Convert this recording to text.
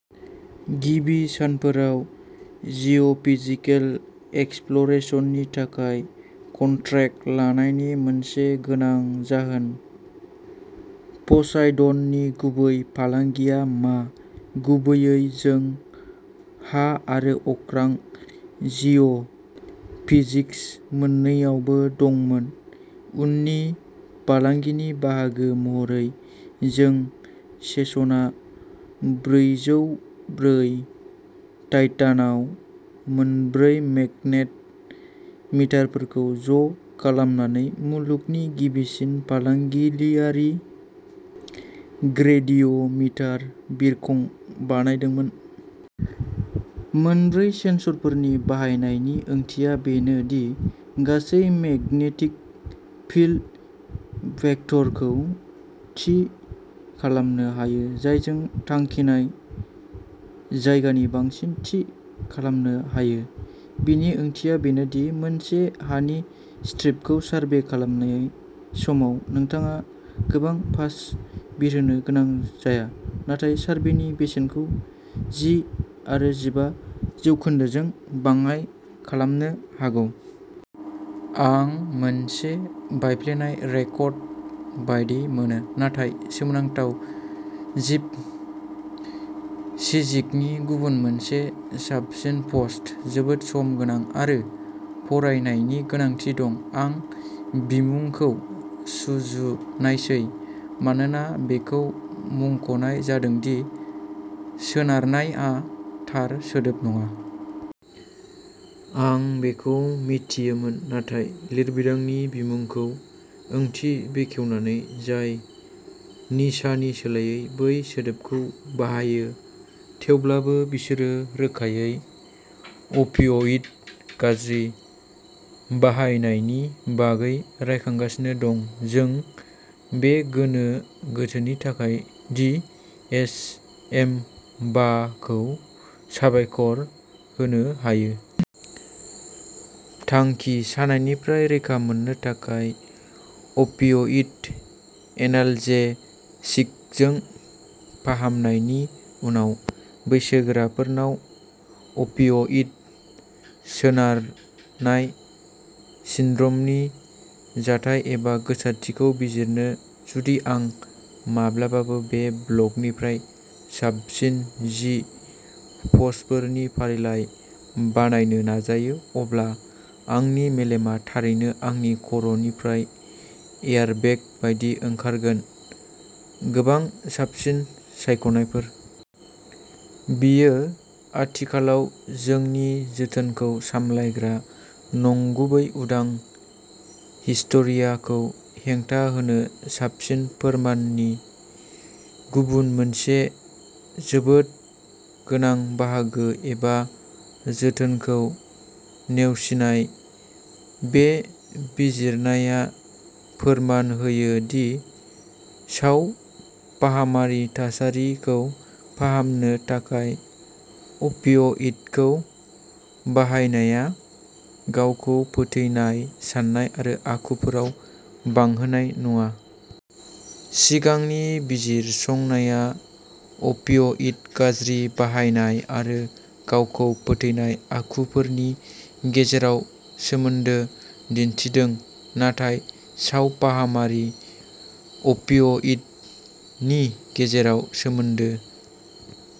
गिबि सानफोराव जिअ'फिजिकेल एक्सप्ल'रेसननि थाखाय कन्ट्रेक्ट लानायनि मोनसे गोनां जाहोन। प'साइडननि गुबै फालांगिया मा? गुबैयै जों हा आरो अख्रां जिअ' फिजिक्स मोन्नैआवबो दंमोन। उननि फालांगिनि बाहागो महरै जों सेसना ब्रैजौ ब्रै टाइटानआव मोनब्रै मेगनेट मिटारफोरखौ ज' खालामनानै मुलुगनि गिबिसिन फालांगियारि ग्रेडिय' मिटार बिरखं बानायदोंमोन। मोनब्रै सेन्स'रफोरनि बाहायनायनि ओंथिया बेनो दि गासै मेगनेटिक फील्ड भेक्टरखौ थि खालामनो हायो, जायजों थांखिनाय जायगानि बांसिन थि खालामनो हायो। बेनि ओंथिया बेनो दि मोनसे हानि स्ट्रिपखौ सारभे खालामनाय समाव नोंथाङा गोबां पास बिरहोनो गोनां जाया, जाय सार्भेनि बेसेनखौ जि आरो जिबा जौखोनदोजों बाङाइ खालामनो हागौ। आं मोनसे बायफ्लेनाय रेकर्ड बायदि मोनो, नाथाय सोमोनांथाव जिप सिजिकनि गुबुन मोनसे साबसिन पस्ट। जोबोद सम गोनां आरो फरायनायनि गोनांथि दं। आं बिमुंखौ सुजुनायसै मानोना बेखौ मुंख'नाय जादों दि "सोनारनाय" आ थार सोदोब नङा। आं बेखौ मिथियोमोन नाथाय लिरबिदांनि बिमुंखौ ओंथि बेखेवनानै, जाय निसानि सोलायै बै सोदोबखौ बाहायो, थेवब्लाबो बिसोरो रोखायै अफिय'इड गाज्रि बाहायनायनि बागै रायखांगासिनो दं। जों बे गोनो गोथोनि थाखाय दि एस एम बाखौ साबायखर होनो हायो। थांखिः सानायनिफ्राय रैखा मोननो थाखाय अफिय'इड एनाल्जेसिकजों फाहामनायनि उनाव बैसोगोराफोरनाव अफिय'इड सोनारनाय सिनड्रमनि जाथाय एबा गोसारथिखौ बिजिरनो। जुदि आं माब्लाबाबो बे ब्लगनिफ्राय साबसिन जि पस्टफोरनि फारिलाइ बानायनो नाजायो, अब्ला आंनि मेलेमआ थारैनो आंनि खर'निफ्राय एयारबेग बायदि ओंखारगोनः गोबां साबसिन सायख'नायफोर। बेयो आथिखालाव जोंनि जोथोनखौ सामलायग्रा नंगुबै उदां हिस्टेरियाखौ हेंथा होनो साबसिन फोरमाननि गुबुन मोनसे जोबोद गोनां बाहागो एबा जोथोनखौ नेवसिनाय। बे बिजिरनाया फोरमान होयो दि सावफाहामारि थासारिखौ फाहामनो थाखाय अफिय'इडखौ बाहायनाया गावखौ फोथैनाय साननाय आरो आखुफोराव बांहोनाय नङा। सिगांनि बिजिरसंनाया अफिय'इड गाज्रि बाहायनाय आरो गावखौ फोथैनाय आखुफोरनि गेजेराव सोमोन्दो दिन्थिदों, नाथाय सावफाहामारि अफिय'इडनि गेजेराव सोमोन्दो।